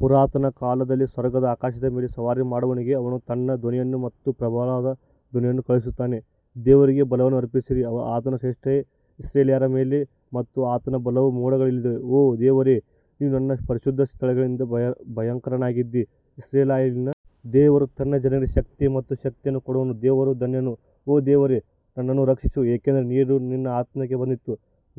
ಪುರಾತನ ಕಾಲದಲ್ಲಿದ್ದ ಸ್ವರ್ಗದ ಆಕಾಶದ ಮೇಲೆ ಸವಾರಿ ಮಾಡುವವನಿಗೆ ಅವನು ತನ್ನ ಧ್ವನಿಯನ್ನು ಮತ್ತು ಪ್ರಬಲವಾದ ಧ್ವನಿಯನ್ನು ಕಳುಹಿಸುತ್ತಾನೆ ದೇವರಿಗೆ ಬಲವನ್ನು ಅರ್ಪಿಸಿರಿ, ಆತನ ಶ್ರೇಷ್ಠತೆಯು ಇಸ್ರಾಯೇಲ್ಯರ ಮೇಲೆ ಮತ್ತು ಆತನ ಬಲವು ಮೋಡಗಳಲ್ಲಿದೆ ಓ ದೇವರೇ ನೀನು ನಿನ್ನ ಪರಿಶುದ್ಧ ಸ್ಥಳಗಳಿಂದ ಭಯಂಕರನಾಗಿದ್ದೀ, ಇಸ್ರಾಯೇಲಿನ ದೇವರು ತನ್ನ ಜನರಿಗೆ ಶಕ್ತಿ ಮತ್ತು ಶಕ್ತಿಯನ್ನು ಕೊಡುವವನು ದೇವರು ಧನ್ಯನು ಓ ದೇವರೇ ನನ್ನನ್ನು ರಕ್ಷಿಸು, ಏಕೆಂದರೆ ನೀರು ನನ್ನ ಆತ್ಮಕ್ಕೆ ಬಂದಿತು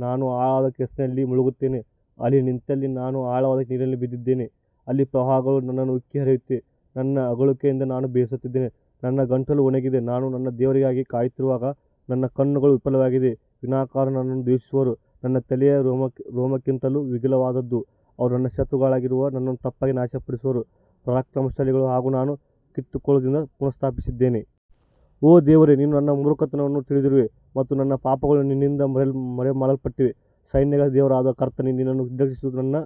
ನಾನು ಆಳವಾದ ಕೆಸರಿನಲ್ಲಿ ಮುಳುಗುತ್ತೇನೆ ಅಲ್ಲಿ ನಿಂತಿಲ್ಲ, ನಾನು ಆಳವಾದ ನೀರಿನಲ್ಲಿ ಬಂದಿದ್ದೇನೆ, ಅಲ್ಲಿ ಪ್ರವಾಹಗಳು ನನ್ನನ್ನು ಉಕ್ಕಿ ಹರಿಯುತ್ತವೆ ನನ್ನ ಅಳುವಿಕೆಯಿಂದ ನಾನು ಬೇಸತ್ತಿದ್ದೇನೆ, ನನ್ನ ಗಂಟಲು ಒಣಗಿದೆ, ನಾನು ನನ್ನ ದೇವರಿಗಾಗಿ ಕಾಯುತ್ತಿರುವಾಗ ನನ್ನ ಕಣ್ಣುಗಳು ವಿಫಲವಾಗಿವೆ ವಿನಾಕಾರಣ ನನ್ನನ್ನು ದ್ವೇಷಿಸುವವರು ನನ್ನ ತಲೆಯ ರೋಮಕ್ಕಿಂತಲೂ ಮಿಗಿಲಾದವರು, ಅವರು ನನ್ನ ಶತ್ರುಗಳಾಗಿರುವ ನನ್ನನ್ನು ತಪ್ಪಾಗಿ ನಾಶಪಡಿಸುವವರು ಪರಾಕ್ರಮಶಾಲಿಗಳು ಆಗ ನಾನು ಕಿತ್ತುಕೊಳ್ಳದಿದ್ದನ್ನು ಪುನಃಸ್ಥಾಪಿಸಿದ್ದೇನೆ. ಓ ದೇವರೇ ನೀನು ನನ್ನ ಮೂರ್ಖತನವನ್ನು ತಿಳಿದಿರುವೆ ಮತ್ತು ನನ್ನ ಪಾಪಗಳು ನಿನ್ನಿಂದ ಮರೆಮಾಡಲ್ಪಟ್ಟಿಲ್ಲ ಸೈನ್ಯಗಳ ದೇವರಾದ ಕರ್ತನೇ, ನಿನ್ನನ್ನು ನಿರೀಕ್ಷಿಸುವವರು ನನ್ನ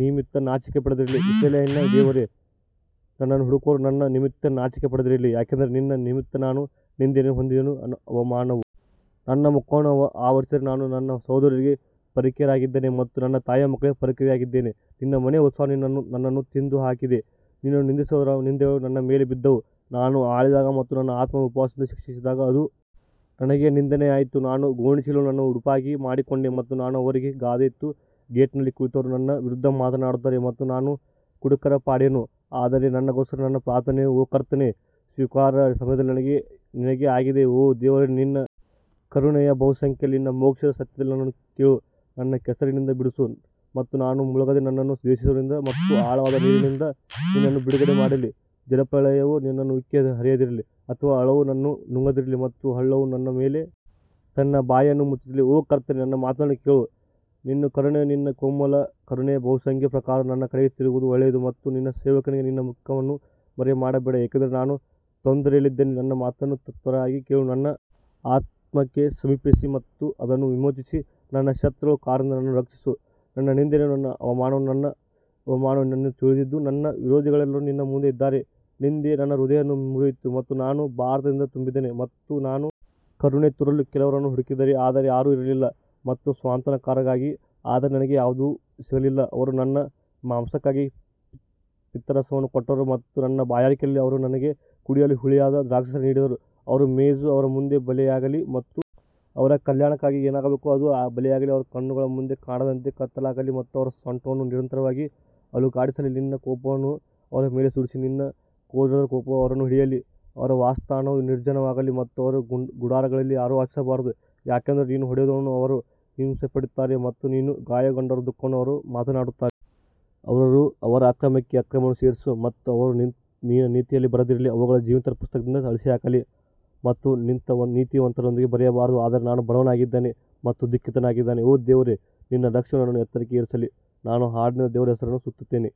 ನಿಮಿತ್ತ ನಾಚಿಕೆಪಡದಿರಲಿ, ಇಸ್ರಾಯೇಲಿನ ದೇವರೇ, ನಿನ್ನನ್ನು ಹುಡುಕುವವರು ನನ್ನ ನಿಮಿತ್ತ ನಾಚಿಕೆಪಡದಿರಲಿ. ಯಾಕಂದರೆ ನಿನ್ನ ನಿಮಿತ್ತ ನಾನು ನಿಂದೆಯನ್ನು ಹೊಂದಿದ್ದೇನೆ, ಅವಮಾನವು ನನ್ನ ಮುಖವನ್ನು ಆವರಿಸಿದೆ ನಾನು ನನ್ನ ಸಹೋದರರಿಗೆ ಪರಕೀಯನಾಗಿದ್ದೇನೆ ಮತ್ತು ನನ್ನ ತಾಯಿಯ ಮಕ್ಕಳಿಗೆ ಪರಕೀಯನಾಗಿದ್ದೇನೆ ನಿನ್ನ ಮನೆಯ ಉತ್ಸಾಹವು ನನ್ನನ್ನು ತಿಂದು ಹಾಕಿದೆ ಮತ್ತು ನಿನ್ನನ್ನು ನಿಂದಿಸಿದವರ ನಿಂದೆಗಳು ನನ್ನ ಮೇಲೆ ಬಿದ್ದವು ನಾನು ಅಳಿದಾಗ ಮತ್ತು ನನ್ನ ಆತ್ಮವನ್ನು ಉಪವಾಸದಿಂದ ಶಿಕ್ಷಿಸಿದಾಗ ಅದು ನನಗೆ ನಿಂದೆಯಾಯಿತು ನಾನು ಗೋಣಿಚೀಲವನ್ನು ನನ್ನ ಉಡುಪಾಗಿ ಮಾಡಿಕೊಂಡೆ ಮತ್ತು ನಾನು ಅವರಿಗೆ ಗಾದೆಯಾಯಿತು ಗೇಟ್ನಲ್ಲಿ ಕುಳಿತವರು ನನ್ನ ವಿರುದ್ಧ ಮಾತನಾಡುತ್ತಾರೆ ಮತ್ತು ನಾನು ಕುಡುಕರ ಪಾಡೇನು ಆದರೆ ನನಗೋಸ್ಕರ ನನ್ನ ಪ್ರಾರ್ಥನೆಯು ಓ ಕರ್ತನೇ ಸ್ವೀಕಾರಾರ್ಹ ಸಮಯದಲ್ಲಿ ನಿನಗೆ ಆಗಿದೆ ಓ ದೇವರೇ ನಿನ್ನ ಕರುಣೆಯ ಬಹುಸಂಖ್ಯೆಯಲ್ಲಿ ನಿನ್ನ ಮೋಕ್ಷದ ಸತ್ಯದಲ್ಲಿ ನನ್ನನ್ನು ಕೇಳು ನನ್ನನ್ನು ಕೆಸರಿನಿಂದ ಬಿಡಿಸು ಮತ್ತು ನಾನು ಮುಳುಗದೆ ನನ್ನನ್ನು ದ್ವೇಷಿಸುವವರಿಂದ ಮತ್ತು ಆಳವಾದ ನೀರಿನಿಂದ ನನ್ನನ್ನು ಬಿಡುಗಡೆ ಮಾಡಲಿ ಜಲಪ್ರಳಯವು ನನ್ನನ್ನು ಉಕ್ಕಿ ಹರಿಯದಿರಲಿ ಅಥವಾ ಆಳವು ನನ್ನನ್ನು ನುಂಗದಿರಲಿ ಮತ್ತು ಹಳ್ಳವು ನನ್ನ ಮೇಲೆ ತನ್ನ ಬಾಯಿಯನ್ನು ಮುಚ್ಚದಿರಲಿ ಓ ಕರ್ತನೇ ನನ್ನ ಮಾತನ್ನು ಕೇಳು ನಿನ್ನ ಕರುಣೆಯು ನಿನ್ನ ಕೋಮಲ ಕರುಣೆಯ ಬಹುಸಂಖ್ಯೆಯ ಪ್ರಕಾರ ನನ್ನ ಕಡೆಗೆ ತಿರುಗುವುದು ಒಳ್ಳೆಯದು ಮತ್ತು ನಿನ್ನ ಸೇವಕನಿಗೆ ನಿನ್ನ ಮುಖವನ್ನು ಮರೆಮಾಡಬೇಡ ಏಕೆಂದರೆ ನಾನು ತೊಂದರೆಯಲ್ಲಿದ್ದೇನೆ, ನನ್ನ ಮಾತನ್ನು ತ್ವರಿತವಾಗಿ ಕೇಳು ನನ್ನ ಆತ್ಮಕ್ಕೆ ಸಮೀಪಿಸಿ ಮತ್ತು ಅದನ್ನು ವಿಮೋಚಿಸಿ ನನ್ನ ಶತ್ರುಗಳ ಕಾರಣದಿಂದ ನನ್ನನ್ನು ರಕ್ಷಿಸು ನನ್ನ ನಿಂದೆಯನ್ನೂ ನನ್ನ ಅವಮಾನವನ್ನೂ ನನ್ನ ಅವಮಾನವನ್ನೂ ನೀನು ತಿಳಿದಿದ್ದೀ ನನ್ನ ವಿರೋಧಿಗಳೆಲ್ಲರೂ ನಿನ್ನ ಮುಂದೆ ಇದ್ದಾರೆ ನಿಂದೆ ನನ್ನ ಹೃದಯವನ್ನು ಮುರಿಯಿತು ಮತ್ತು ನಾನು ಭಾರದಿಂದ ತುಂಬಿದ್ದೇನೆ ಮತ್ತು ನಾನು ಕರುಣೆ ತೋರಲು ಕೆಲವರನ್ನು ಹುಡುಕಿದೆ ಆದರೆ ಯಾರೂ ಇರಲಿಲ್ಲ ಮತ್ತು ಸಾಂತ್ವನಕಾರರಿಗಾಗಿ ಆದರೆ ನನಗೆ ಯಾವುದೂ ಸಿಗಲಿಲ್ಲ ಅವರು ನನ್ನ ಮಾಂಸಕ್ಕಾಗಿ ಪಿತ್ತರಸವನ್ನೂ ಕೊಟ್ಟರು ಮತ್ತು ನನ್ನ ಬಾಯಾರಿಕೆಯಲ್ಲಿ ಅವರು ನನಗೆ ಕುಡಿಯಲು ಹುಳಿಯಾದ ದ್ರಾಕ್ಷಾರಸ ನೀಡಿದರು ಅವರ ಮೇಜು ಅವರ ಮುಂದೆ ಬಲೆಯಾಗಲಿ ಮತ್ತು ಅವರ ಕಲ್ಯಾಣಕ್ಕಾಗಿ ಏನಾಗಬೇಕೋ ಅದು ಬಲೆಯಾಗಲಿ ಅವರ ಕಣ್ಣುಗಳು ಕಾಣದಂತೆ ಕತ್ತಲಾಗಲಿ ಮತ್ತು ಅವರ ಸೊಂಟವನ್ನು ನಿರಂತರವಾಗಿ ಅಲುಗಾಡಿಸಲಿ ನಿನ್ನ ಕೋಪವನ್ನು ಅವರ ಮೇಲೆ ಸುರಿಸಿ ನಿನ್ನ ಕ್ರೋಧದ ಕೋಪವು ಅವರನ್ನು ಹಿಡಿಯಲಿ ಅವರ ವಾಸಸ್ಥಾನವು ನಿರ್ಜನವಾಗಲಿ ಮತ್ತು ಅವರ ಗುಡಾರಗಳಲ್ಲಿ ಯಾರೂ ವಾಸಿಸಬಾರದು ಯಾಕಂದರೆ ನೀನು ಹೊಡೆದವನನ್ನು ಅವರು ಹಿಂಸೆಪಡಿಸುತ್ತಾರೆ ಮತ್ತು ನೀನು ಗಾಯಗೊಂಡವರ ದುಃಖವನ್ನು ಅವರು ಮಾತನಾಡುತ್ತಾರೆ. ಅವರ ಅಕ್ರಮಕ್ಕೆ ಅಕ್ರಮವನ್ನು ಸೇರಿಸಿ ಮತ್ತು ಅವರು ನಿನ್ನ ನೀತಿಯಲ್ಲಿ ಬರದಿರಲಿ ಅವುಗಳನ್ನು ಜೀವಿತರ ಪುಸ್ತಕದಿಂದ ಅಳಿಸಿಹಾಕಲಿ ಮತ್ತು ನೀತಿವಂತರೊಂದಿಗೆ ಬರೆಯಬಾರದು ಆದರೆ ನಾನು ಬಡವನಾಗಿದ್ದೇನೆ ಮತ್ತು ದುಃಖಿತನಾಗಿದ್ದೇನೆ, ಓ ದೇವರೇ ನಿನ್ನ ರಕ್ಷಣೆಯು ನನ್ನನ್ನು ಎತ್ತರಕ್ಕೆ ಏರಿಸಲಿ ನಾನು ಹಾಡಿನಿಂದ ದೇವರ ಹೆಸರನ್ನು ಸ್ತುತಿಸುತ್ತೇನೆ